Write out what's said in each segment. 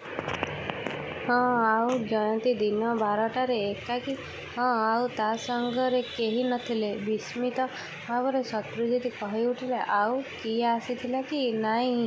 ' 'ଆଉ ଜୟନ୍ତୀ? ' 'ଦିନ ବାରଟାରେ' 'ଏକାକୀ.? 'ହଁ. ' 'ଆଉ ତା' ସଙ୍ଗରେ କେହି ନ ଥିଲେ? ' ବିସ୍ମିତ ଭାବରେ ଶତ୍ରୁଜିତ କହିଉଠିଲେ। 'ଆଉ କିଏ ଆସିଥିଲା କି ନାହିଁ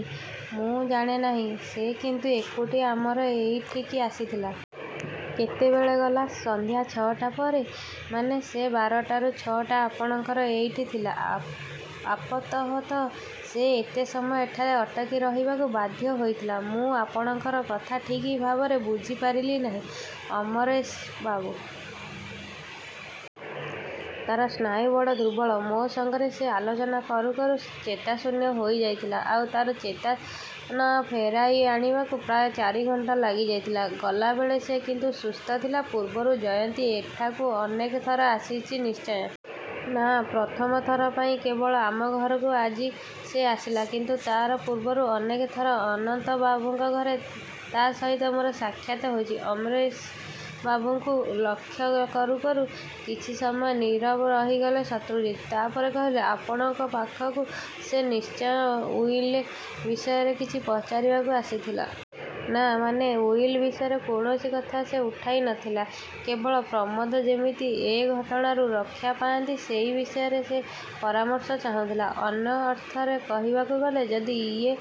ମୁ ଜାଣେ ନାହିଁ। ସେ କିନ୍ତୁ ଏକୁଟିଆ ଆମର ଏଇଠିକି ଆସିଥିଲା। ' 'କେତେବେଳେ ଗଲା? ' 'ସଂଧ୍ୟା ଛ'ଟା ପରେ ପରେ' 'ମାନେ, ସେ ବାରଟାରୁ ଛ'ଟା ଆପଣଙ୍କର ଏଇଠି ଥିଲା? ' 'ଆପାତତଃ ସେ ଏତେ ସମୟ ଏଠାରେ ଅଟକି ରହିବାକୁ ବାଧ୍ୟ ହୋଇଥିଲା। ' 'ମୁଁ ଆପଣଙ୍କର କଥା ଠିକ୍ ଭାବରେ ବୁଝିପାରିଲି ନାହିଁ, ଅମରୀଶବାବୁ! ' 'ତା'ର ସ୍ନାୟୁ ବଡ଼ ଦୁର୍ବଳ। ମୋ ସଙ୍ଗରେ ସେ ଆଲୋଚନା କରୁଁ କରୁଁ ଚେତାଶୂନ୍ୟ ହେଇଯାଇଥିଲା। ଆଉ ତା'ର ଚେତନା ଫେରାଇ ଆଣିବାକୁ ପ୍ରାୟ ଚାରିଘଣ୍ଟା ଲାଗିଯାଇଥିଲା। ଗଲାବେଳେ ସେ କିନ୍ତୁ ସୁସ୍ଥ ଥିଲା। ' 'ପୂର୍ବରୁ ଜୟନ୍ତୀ ଏଠାକୁ ଅନେକଥର ଆସିଛି ନିଶ୍ଚୟ! ' 'ନା, ପ୍ରଥମ ଥର ପାଇଁ କେବଳ ଆମ ଘରକୁ ଆଜି ସେ ଆସିଲା। କିନ୍ତୁ ତା' ପୂର୍ବରୁ ଅନେକଥର ଅନନ୍ତବାବୁଙ୍କ ଘରେ ତା' ସହିତ ମୋର ସାକ୍ଷାତ ହେଇଛି। ' 'ଅମରୀଶବାବୁଙ୍କୁ ଲକ୍ଷ୍ୟ କରୁ କରୁ କିଛି ସମୟ ନୀରବ ରହିଗଲେ ଶତ୍ରୁଜିତ। ତା'ପରେ କହିଲେ, 'ଆପଣଙ୍କ ପାଖକୁ ସେ ନିଶ୍ଚୟ ଉଇଲ୍ ବିଷୟରେ କିଛି ପଚାରିବାକୁ ଆସିଥିଲା-? ' 'ନା' 'ମାନେ.? ' 'ଉଇଲୁ ବିଷୟର କୌଣସି କଥା ସେ ଉଠାଇ ନ ଥିଲା। କେବଳ ପ୍ରମୋଦ ଯେମିତି ଏ ଘଟଣାରୁ ରକ୍ଷା ପାଆନ୍ତି, ସେଇ ବିଷୟରେ ସେ ପରାମର୍ଶ ଚାହୁଁଥିଲା। ' 'ଅନ ଅର୍ଥରେ କହିବାକୁ ଗଲେ, ଯଦି ଏଇ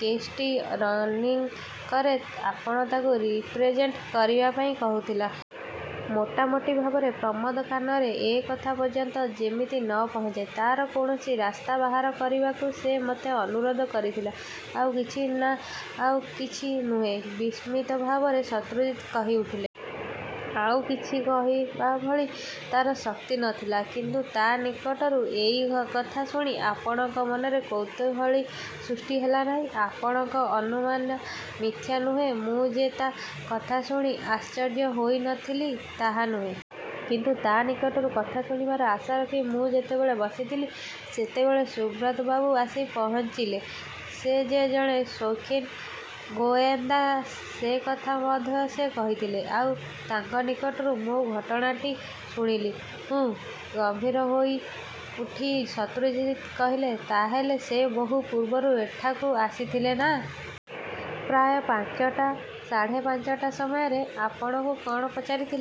କେସ୍ଟି ରନିଙ୍ଗ କରେ, ଆପଣ ତାକୁ ରିପ୍ରେଜେଣ୍ଟ କରିବାପାଇଁ କହୁଥିଲା? ମୋଟାମୋଟି ଭାବରେ ପ୍ରମୋଦ କାନରେ ଏ କଥା ପର୍ଯ୍ୟନ୍ତ ଯେମିତି ନ ପହଞ୍ଚେ, ତା'ର କୌଣସି ରାସ୍ତା ବାହାର କରିବାକୁ ସେ ମୋତେ ଅନୁରୋଧ କରିଥିଲା। ' 'ଆଉ କିଛି? ' 'ନା. ' 'ଆଉ କିଛି ନୁହେଁ? ' ବିସ୍ମିତ ଭାବରେ ଶତ୍ରୁଜିତ କହି ଉଠିଲେ। 'ଆଉ କିଛି କହିବାଭଳି ତା'ର ଶକ୍ତି ନ ଥିଲା। ' କିନ୍ତୁ ତା ନିକଟରୁ ଏଇ କଥା ଶୁଣି ଆପଣଙ୍କ ମନରେ କୌତୁହଳୀ ସୃଷ୍ଟି ହେଲା ନାହିଁ-? ' 'ଆପଣଙ୍କ ଅନୁମାନ ମିଥ୍ୟା ନୁହେଁ। ମୁଁ ଯେ ତା କଥା ଶୁଣି ଆଶ୍ଚର୍ଯ୍ୟ ହୋଇ ନ ଥିଲି, ତାହା ନୁହେଁ। କିନ୍ତୁ ତା ନିକଟରୁ କଥା ଶୁଣିବାର ଆଶା ରଖି ମୁଁ ଯେତେବେଳେ ବସିଥିଲି, ସେତେବେଳେ ସୁବ୍ରତ ବାବୁ ଆସି ପହଞ୍ଚିଲେ। ସେ ଯେ ଜଣେ ସୌଖୀନ ଗୋଏନ୍ଦା ସେ କଥା ମଧ୍ୟ ସେ କହିଥିଲେ। ଆଉ ତାଙ୍କ ନିକଟରୁ ମୁଁ ଘଟଣାଟି ଶୁଣିଲି। ' 'ହୁଁ' ଗମ୍ଭୀର ହୋଇଉଠି ଶତ୍ରୁଜିତ କହିଲେ, 'ତା'ହେଲେ ସେ ବହୁ ପୂର୍ବରୁ ଏଠାକୁ ଆସିଥିଲେ, ନା? ' 'ପ୍ରାୟ ପାଞ୍ଚଟା ସାଢ଼େ ପାଞ୍ଚଟା ସମୟରେ। ' 'ଆପଣଙ୍କୁ କ'ଣ ପଚାରିଥିଲେ?